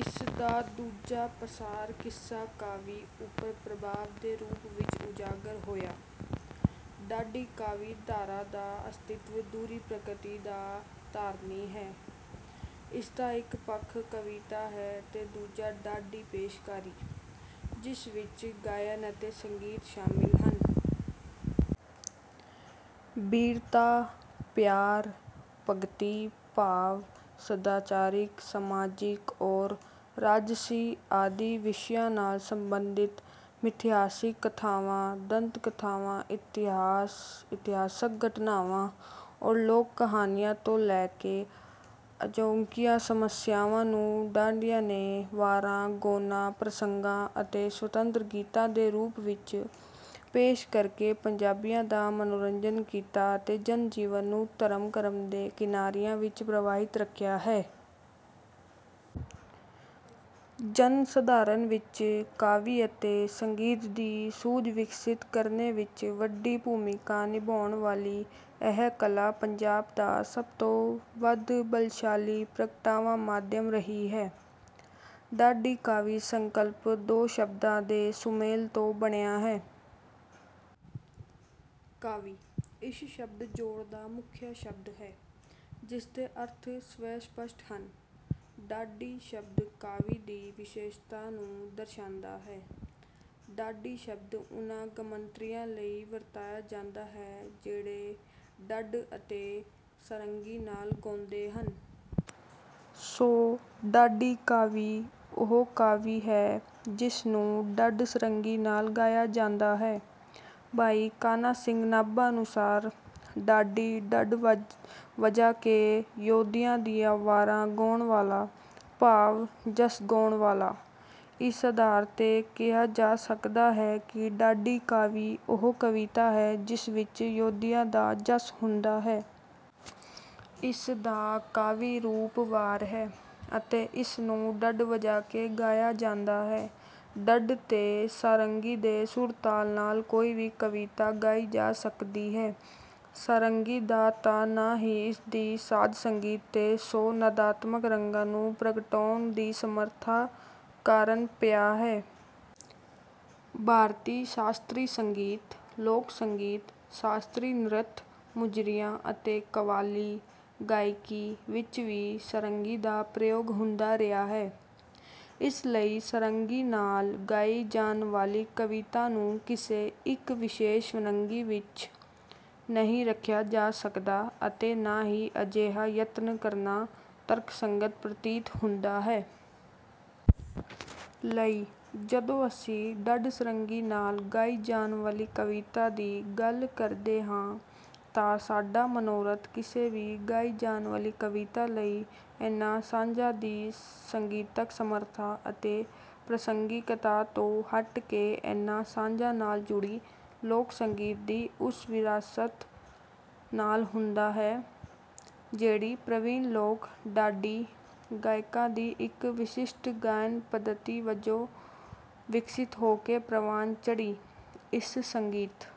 ਇਸ ਦਾ ਦੂਜਾ ਪਸਾਰ ਕਿੱਸਾ-ਕਾਵਿ ਉੱਪਰ ਪ੍ਰਭਾਵ ਦੇ ਰੂਪ ਵਿੱਚ ਉਜਾਗਰ ਹੋਇਆ। ਢਾਡੀ ਕਾਵਿ-ਧਾਰਾ ਦਾ ਅਸਤਿਤਵ ਦੂਹਰੀ ਪ੍ਰਕਿਰਤੀ ਦਾ ਧਾਰਨੀ ਹੈ। ਇਸ ਦਾ ਇੱਕ ਪੱਖ ਕਵਿਤਾ ਹੈ ਤੇ ਦੂਜਾ ਢਾਡੀ ਪੇਸ਼ਕਾਰੀ, ਜਿਸ ਵਿੱਚ ਗਾਇਨ ਅਤੇ ਸੰਗੀਤ ਸ਼ਾਮਲ ਹਨ। ਬੀਰਤਾ, ਪਿਆਰ, ਭਗਤੀ-ਭਾਵ, ਸਦਾਚਾਰਿਕ, ਸਮਾਜਿਕ ਔਰ ਰਾਜਸੀ ਆਦਿ ਵਿਸ਼ਿਆਂ ਨਾਲ ਸੰਬੰਧਿਤ ਮਿਥਿਹਾਸਿਕ ਕਥਾਵਾਂ, ਦੰਤ-ਕਥਾਵਾਂ, ਇਤਿਹਾਸਕ ਘਟਨਾਵਾਂ ਅਤੇ ਲੋਕ-ਕਹਾਣੀਆਂ ਤੋਂ ਲੈ ਕੇ ਅਜੋਕੀਆਂ ਸਮੱਸਿਆਵਾਂ ਨੂੰ ਢਾਡੀਆਂ ਨੇ ਵਾਰਾਂ, ਗੌਣਾਂ, ਪ੍ਰਸੰਗਾਂ ਅਤੇ ਸੁਤੰਤਰ ਗੀਤਾਂ ਦੇ ਰੂਪ ਵਿੱਚ ਪੇਸ਼ ਕਰਕੇ ਪੰਜਾਬੀਆਂ ਦਾ ਮਨੋਰੰਜਨ ਕੀਤਾ ਅਤੇ ਜਨ-ਜੀਵਨ ਨੂੰ ਧਰਮ-ਕਰਮ ਦੇ ਕਿਨਾਰਿਆਂ ਵਿੱਚ ਪ੍ਰਵਾਹਿਤ ਰੱਖਿਆ ਹੈ। ਪੰਜਾਬੀ ਜਨ-ਸਧਾਰਨ ਵਿੱਚ ਕਾਵਿ ਅਤੇ ਸੰਗੀਤ ਦੀ ਸੂਝ ਵਿਕਸਿਤ ਕਰਨ ਵਿੱਚ ਵੱਡੀ ਭੂਮਿਕਾ ਨਿਭਾਉਣ ਵਾਲੀ ਇਹ ਕਲਾ ਪੰਜਾਬ ਦਾ ਸਭ ਤੋਂ ਵੱਧ ਬਲਸ਼ਾਲੀ ਪ੍ਰਗਟਾਵਾ-ਮਾਧਿਅਮ ਰਹੀ ਹੈ। ‘ਢਾਡੀ ਕਾਵਿ’ ਸੰਕਲਪ ਦੋ ਸ਼ਬਦਾਂ ਦੇ ਸੁਮੇਲ ਤੋਂ ਬਣਿਆ ਹੈ। ‘ਕਾਵਿ’ ਇਸ ਸ਼ਬਦ-ਜੋੜ ਦਾ ਮੁੱਖ ਸ਼ਬਦ ਹੈ, ਜਿਸ ਦੇ ਅਰਥ ਸਵੈ-ਸਪੱਸ਼ਟ ਹਨ। ‘ਢਾਡੀ’ ਸ਼ਬਦ ਕਾਵਿ ਦੀ ਵਿਸ਼ੇਸ਼ਤਾ ਨੂੰ ਦਰਸਾਉਂਦਾ ਹੈ। ਢਾਡੀ ਸ਼ਬਦ ਉਨ੍ਹਾਂ ਗਮੰਤਰੀਆਂ ਲਈ ਵਰਤਿਆ ਜਾਂਦਾ ਹੈ, ਜਿਹੜੇ ਢੱਡ ਅਤੇ ਸਾਰੰਗੀ ਨਾਲ ਗਾਉਂਦੇ ਹਨ। ਸੋ, ਢਾਡੀ ਕਾਵਿ ਉਹ ਕਾਵਿ ਹੈ, ਜਿਸ ਨੂੰ ਢੱਡ-ਸਾਰੰਗੀ ਨਾਲ ਗਾਇਆ ਜਾਂਦਾ ਹੈ। ਭਾਈ ਕਾਨ੍ਹ ਸਿੰਘ ਨਾਭਾ ਅਨੁਸਾਰ, “ਢਾਢੀ—ਢੱਡ ਵਜਾ ਕੇ ਯੋਧਿਆਂ ਦੀਆਂ ਵਾਰਾਂ ਗਾਉਣ ਵਾਲਾ; ਭਾਵ, ਜਸ ਗਾਉਣ ਵਾਲਾ।”ਇਸ ਆਧਾਰ ’ਤੇ ਕਿਹਾ ਜਾ ਸਕਦਾ ਹੈ ਕਿ ਢਾਡੀ ਕਾਵਿ ਉਹ ਕਵਿਤਾ ਹੈ, ਜਿਸ ਵਿੱਚ ਯੋਧਿਆਂ ਦਾ ਜਸ ਹੁੰਦਾ ਹੈ। ਇਸ ਦਾ ਕਾਵਿ-ਰੂਪ ‘ਵਾਰ’ ਹੈ ਅਤੇ ਇਸ ਨੂੰ ਢੱਡ ਵਜਾ ਕੇ ਗਾਇਆ ਜਾਂਦਾ ਹੈ। ਢੱਡ ਤੇ ਸਾਰੰਗੀ ਦੇ ਸੁਰ-ਤਾਲ ਨਾਲ ਕੋਈ ਵੀ ਕਵਿਤਾ ਗਾਈ ਜਾ ਸਕਦੀ ਹੈ। ਸਾਰੰਗੀ ਦਾ ਤਾਂ ਨਾਂ ਹੀ ਇਸ ਦੀ ਸਾਜ਼-ਸੰਗੀਤ ਦੇ ਸੌ ਨਾਦਾਤਮਕ ਰੰਗਾਂ ਨੂੰ ਪ੍ਰਗਟਾਉਣ ਦੀ ਸਮਰੱਥਾ ਕਾਰਨ ਪਿਆ ਹੈ। ਭਾਰਤੀ ਸ਼ਾਸਤਰੀ ਸੰਗੀਤ, ਲੋਕ-ਸੰਗੀਤ, ਸ਼ਾਸਤਰੀ ਨ੍ਰਿਤ, ਮੁਜਰਿਆਂ ਅਤੇ ਕਵਾਲੀ ਗਾਇਕੀ ਵਿੱਚ ਵੀ ਸਾਰੰਗੀ ਦਾ ਪ੍ਰਯੋਗ ਹੁੰਦਾ ਰਿਹਾ ਹੈ। ਇਸ ਲਈ ਸਾਰੰਗੀ ਨਾਲ ਗਾਈ ਜਾਣ ਵਾਲੀ ਕਵਿਤਾ ਨੂੰ ਕਿਸੇ ਇੱਕ ਵਿਸ਼ੇਸ਼ ਵੰਨਗੀ ਵਿੱਚ ਨਹੀਂ ਰੱਖਿਆ ਜਾ ਸਕਦਾ ਅਤੇ ਨਾ ਹੀ ਅਜਿਹਾ ਯਤਨ ਕਰਨਾ ਤਰਕਸੰਗਤ ਪ੍ਰਤੀਤ ਹੁੰਦਾ ਹੈ। ਇਸ ਲਈ, ਜਦੋਂ ਅਸੀਂ ਢੱਡ-ਸਾਰੰਗੀ ਨਾਲ ਗਾਈ ਜਾਣ ਵਾਲੀ ਕਵਿਤਾ ਦੀ ਗੱਲ ਕਰਦੇ ਹਾਂ ਤਾਂ ਸਾਡਾ ਮਨੋਰਥ ਕਿਸੇ ਵੀ ਗਾਈ ਜਾਣ ਵਾਲੀ ਕਵਿਤਾ ਲਈ ਇਨ੍ਹਾਂ ਸਾਜ਼ਾਂ ਦੀ ਸੰਗੀਤਕ ਸਮਰੱਥਾ ਅਤੇ ਪ੍ਰਸੰਗਿਕਤਾ ਤੋਂ ਹਟ ਕੇ ਇਨ੍ਹਾਂ ਸਾਜ਼ਾਂ ਨਾਲ ਜੁੜੀ ਲੋਕ-ਸੰਗੀਤ ਦੀ ਉਸ ਵਿਰਾਸਤ ਨਾਲ ਹੁੰਦਾ ਹੈ, ਜਿਹੜੀ ਪ੍ਰਵੀਣ ਲੋਕ-ਢਾਡੀ ਗਾਇਕਾਂ ਦੀ ਇੱਕ ਵਿਸ਼ਿਸ਼ਟ ਗਾਇਣ-ਪੱਧਤੀ ਵਜੋਂ ਵਿਕਸਿਤ ਹੋ ਕੇ ਪ੍ਰਵਾਨ ਚੜ੍ਹੀ। ਇਸ ਸੰਗੀਤ…